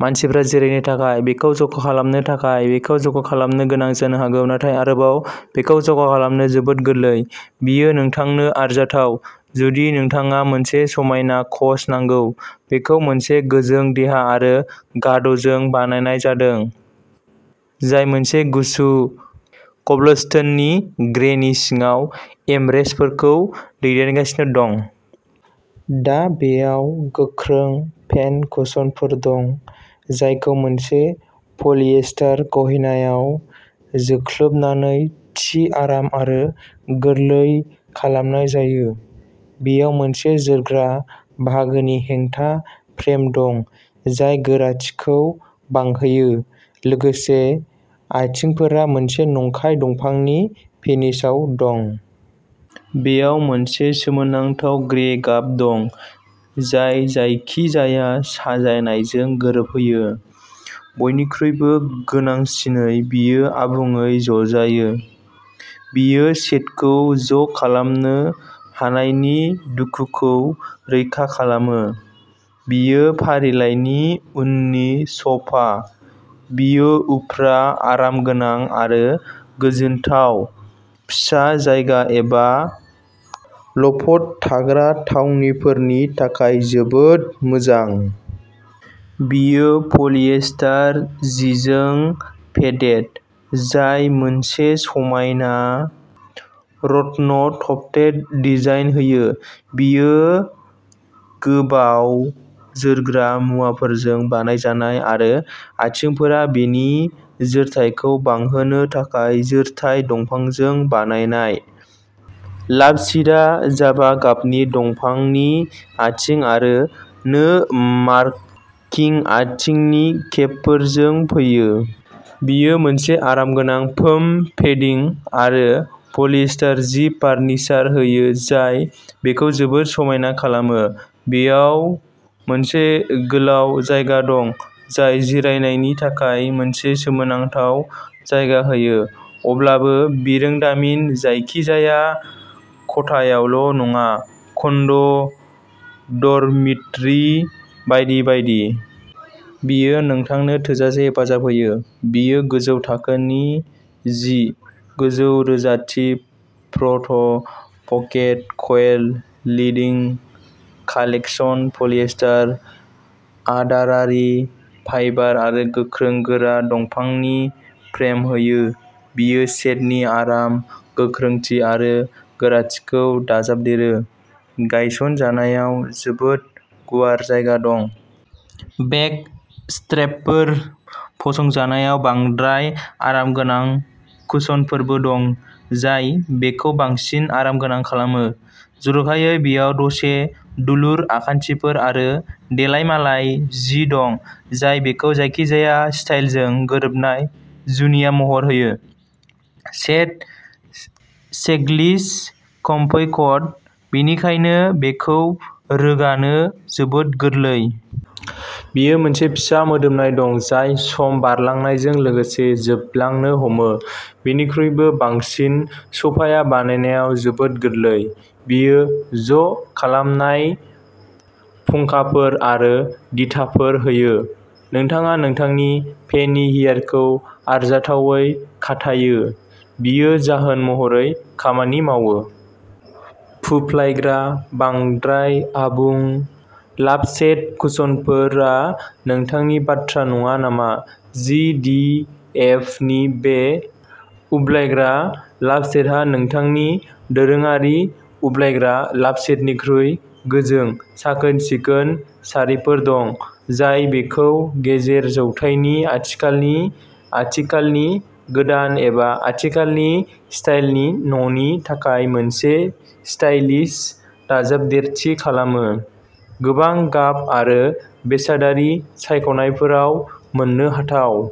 मानसिफ्रा जिरायनो थाखाय। बेखौ ज'खालामनो थाखाय, बेखौ जख'खालामनो गोनां जानो हागौ, नाथाय आरोबाव बेखौ जख'खालामनो जोबोद गोरलै। बेयो नोंथांनो आरजाथाव जुदि नोंथाङा मोनसे समायना कच नांगौ। बेखौ मोनसे गोजों देहा आरो गाद'जों बानायनाय जादों, जाय मोनसे गुसु क'ब्लस्टोन ग्रेनि सिङाव एमरेस्टफोरखौ दैदेनगासिनो दं। दा, बेयाव गोख्रों फेन कुशनफोर दं, जायखौ मोनसे पलिएस्टार गहेनाआव जोख्लोबनानै थि आराम आरो गोरलै खालामनाय जायो। बेयाव मोनसे जोरग्रा बाहागोनि हेंथा फ्रेम दं, जाय गोराथिखौ बांहोयो। लोगोसे, आथिंफोरा मोनसे नंखाय दंफांनि फिनिशआव दं। बेयाव मोनसे सोमोनांथाव ग्रे गाब दं, जाय जायखिजाया साजायनायजों गोरोबहोयो। बयनिख्रुइबो गोनांसिनै, बेयो आबुङै ज'जायो। बेयो सेटखौ ज'खालामनो हानायनि दुखुखौ रैखा खालामो। बेयो फारिलाइनि उननि स'फा। बेयो उफ्रा आरामगोनां आरो गोजोनथाव। फिसा जायगा एबा लफ्ट थाग्रा थावनिफोरनि थाखाय जोबोद मोजां। बेयो पलिएस्टार जिजों पेडेड, जाय मोनसे समायना रत्न-टफ्टेड डिजाइन होयो। बेयो गोबाव जोरग्रा मुवाफोरजों बानायजानाय आरो आथिंफोरा बिनि जोरथाइखौ बांहोनो थाखाय जोरथाय दंफांजों बानायनाय। लाभसीटआ जाभा गाबनि दंफांनि आथिं आरो नो मार्किं आथिंनि केपफोरजों फैयो। बेयो मोनसे आरामगोनां फोम पेडिं आरो पलिएस्टार जि फार्निचार होयो जाय बेखौ जोबोद समायना खालामो। बेयाव मोनसे गोलाव जायगा दं जाय जिरायनायनि थाखाय मोनसे सोमोनांथाव जायगा होयो। अब्लाबो, बिरोंदामिन जायखिजाया खथायावल' नङा कन्ड', ड'रमिटरि बायदि बायदि। बेयो नोंथांनो थोजासे हेफाजाब होयो। बेयो गोजौ थाखोनि जि, गोजौ रोजाथि फ्र'थ pocket coil, leading collection polyester आदारारि फाइबार आरो गोख्रों गोरा दंफांनि फ्रेम होयो। बेयो सेटनि आराम, गोख्रोंथि आरो गोराथिखौ दाजाबदेरो। गायसनजानायाव जोबोद गुवार जायगा दं। बेक स्ट्रेपफोर। फसंजानायाव बांद्राय आरामगोनां कुशनफोरबो दं, जाय बेखौ बांसिन आरामगोनां खालामो। जर'खायै, बेयाव एसे दुलुर आखान्थिफोर आरो देलायमालाय जि दं, जाय बेखौ जायखिजाया स्टाइलजों गोरोबनाय जुनिया महर होयो। सेट चेकलिस्ट कम्पैक्ट, बेनिखायनो बेखौ रोगानो जोबोद गोरलै। बेयाव मोनसे फिसा मोदोमनाय दं, जाय सम बारलांनायजों लोगोसे जोबलांनो हमो। बेनिख्रुइबो बांसिन, सोफाया बानायनायाव जोबोद गोरलै। बेयो ज'खालामनाय फुंखाफोर आरो दिथाफोर होयो। नोंथाङा नोंथांनि पेनि हियारखौ आरजाथावै खाथायो। बेयो जाहोन महरै खामानि मावो। फुफ्लायग्रा, बांद्राय आबुं लाभसेट कुशनफोरा नोंथांनि बाथ्रा नङा नामा जि दि एफ नि बे उब्लायग्रा लाभसेटहा नोंथांनि दोरोङारि उब्लायग्रा लाभसेटनिख्रुइ गोजों, साखोन-सिखोन सारिफोर दं, जाय बेखौ गेजेर जौथाइनि आथिखालनि, आथिखालनि, गोदान एबा आथिखालनि स्टाइलनि न'नि थाखाय मोनसे स्टाइलिश दाजाबदेरथि खालामो। गोबां गाब आरो बेसादारि सायख'नायफोराव मोननो हाथाव।